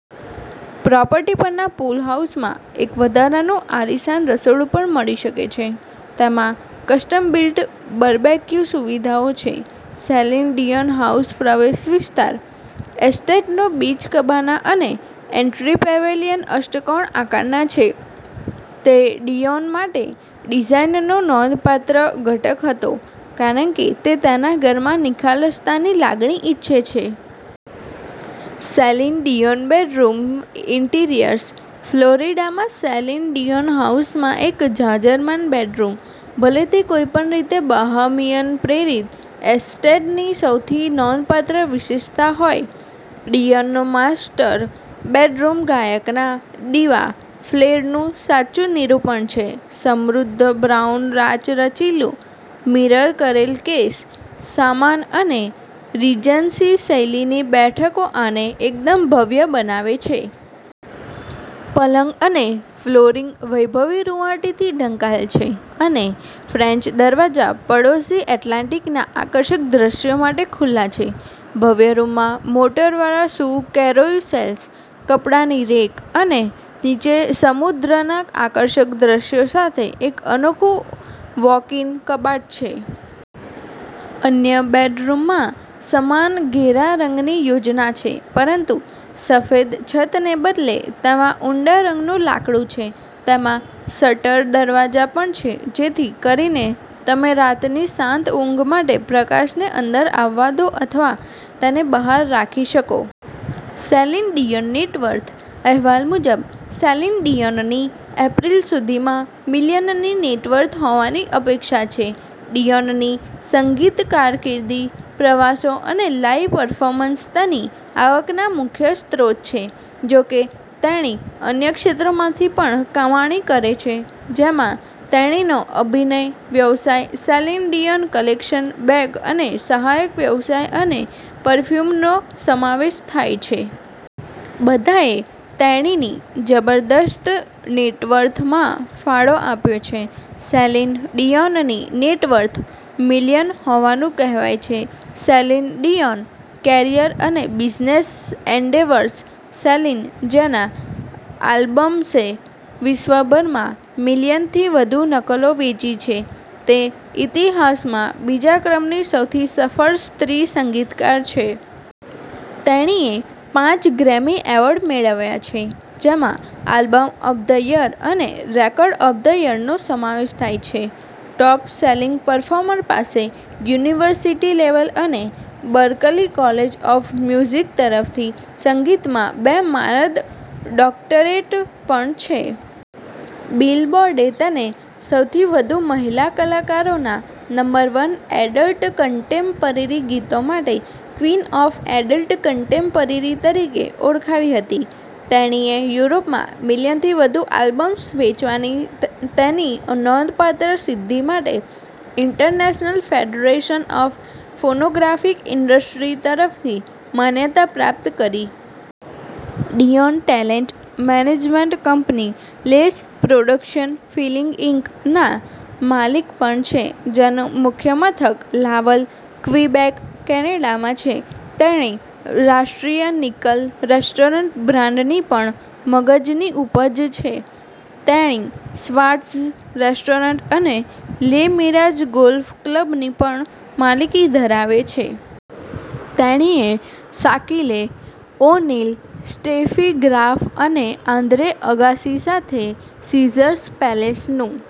Property પરના pool હાઉસમાં એક વધારાનું આલીશાન રસોડું પણ મળી શકે છે. તેમાં કસ્ટમ-બિલ્ટ બરબેકયુ સુવિધાઓ છે. સેલિન ડીયોન હાઉસ પ્રવેશ વિસ્તાર. એસ્ટેટનો બીચ કબાના અને એન્ટ્રી પેવેલિયન અષ્ટકોણ આકારના છે. તે ડીયોન માટે ડિઝાઇનનો નોંધપાત્ર ઘટક હતો, કારણ કે તે તેના ઘરમાં નિખાલસતાની લાગણી ઇચ્છે છે. Celine Dion bedroom interiors. ફ્લોરિડામાં સેલિન ડીયોન હાઉસમાં એક જાજરમાન બેડરૂમ. ભલે તે કોઈ પણ રીતે બહામિયન-પ્રેરિત એસ્ટેટની સૌથી નોંધપાત્ર વિશેષતા હોય, ડીયોનનો માસ્ટર બેડરૂમ ગાયકના "દિવા" ફ્લેરનું સાચું નિરૂપણ છે. સમૃદ્ધ બ્રાઉન રાચરચીલું, મિરર કરેલ કેસ સામાન અને રીજન્સી-શૈલીની બેઠકો આને એકદમ ભવ્ય બનાવે છે. પલંગ અને ફ્લોરિંગ વૈભવી રુવાંટીથી ઢંકાયેલ છે, અને ફ્રેન્ચ દરવાજા પડોશી એટલાન્ટિકના આકર્ષક દૃશ્યો માટે ખુલ્લા છે. ભવ્ય રૂમમાં મોટરવાળા શૂ કેરોયુસેલ્સ, કપડાની રેક અને નીચે સમુદ્રના આકર્ષક દૃશ્યો સાથે એક અનોખું વૉક-ઇન કબાટ છે. અન્ય બેડરૂમમાં સમાન ઘેરા રંગની યોજના છે, પરંતુ સફેદ છતને બદલે, તેમાં ઊંડા રંગનું લાકડું છે. તેમાં શટર દરવાજા પણ છે જેથી કરીને તમે રાતની શાંત ઊંઘ માટે પ્રકાશને અંદર આવવા દો અથવા તેને બહાર રાખી શકો. Celine Dion net worth. અહેવાલ મુજબ, સેલિન ડીયોનની એપ્રિલ સુધીમાં મિલિયનની નેટવર્થ હોવાની અપેક્ષા છે. ડીયોનની સંગીત કારકિર્દી, પ્રવાસો અને લાઇવ પર્ફોર્મન્સ તેની આવકના મુખ્ય સ્ત્રોત છે. જો કે, તેણી અન્ય ક્ષેત્રોમાંથી પણ કમાણી કરે છે, જેમાં તેણીનો અભિનય વ્યવસાય, સેલિન ડીયોન કલેક્શન, બેગ અને સહાયક વ્યવસાય અને પરફ્યુમનો સમાવેશ થાય છે. બધાએ તેણીની જબરદસ્ત નેટવર્થમાં ફાળો આપ્યો છે. સેલિન ડીયોનની નેટવર્થ મિલિયન હોવાનું કહેવાય છે. સેલિન ડીયોન કેરિયર અને બિઝનેસ એન્ડેવર્સ. સેલિન, જેના આલ્બમ્સે વિશ્વભરમાં મિલિયનથી વધુ નકલો વેચી છે, તે ઇતિહાસમાં બીજા ક્રમની સૌથી સફળ સ્ત્રી સંગીતકાર છે. તેણીએ પાંચ ગ્રેમી એવોર્ડ મેળવ્યા છે, જેમાં આલ્બમ ઓફ ધ યર અને રેકોર્ડ ઓફ ધ યરનો સમાવેશ થાય છે. ટોપ-સેલિંગ પરફોર્મર પાસે યુનિવર્સિટી લેવલ અને બર્કલી કોલેજ ઓફ મ્યુઝિક તરફથી સંગીતમાં બે માનદ ડોક્ટરેટ પણ છે. બિલબોર્ડે તેને સૌથી વધુ મહિલા કલાકારોના નંબર-વન એડલ્ટ કન્ટેમ્પરરી ગીતો માટે "ક્વીન ઓફ એડલ્ટ કન્ટેમ્પરરી" તરીકે ઓળખાવી હતી. તેણીએ યુરોપમાં મિલિયનથી વધુ આલ્બમ્સ વેચવાની તેની નોંધપાત્ર સિદ્ધિ માટે International Federation of Phonographic Industry તરફથી માન્યતા પ્રાપ્ત કરી. Dion talent management company Les Productions Feeling Inc. ના માલિક પણ છે, જેનું મુખ્ય મથક લાવલ, ક્વિબેક, કેનેડામાં છે. તેણી રાષ્ટ્રીય નિકલ રેસ્ટોરન્ટ બ્રાન્ડની પણ મગજની ઉપજ છે. તેણી શ્વાર્ટઝ રેસ્ટોરન્ટ અને લે મિરાજ ગોલ્ફ ક્લબની પણ માલિકી ધરાવે છે. તેણીએ શાકિલે ઓ'નીલ, સ્ટેફી ગ્રાફ અને આન્દ્રે અગાસી સાથે સીઝર્સ પેલેસનું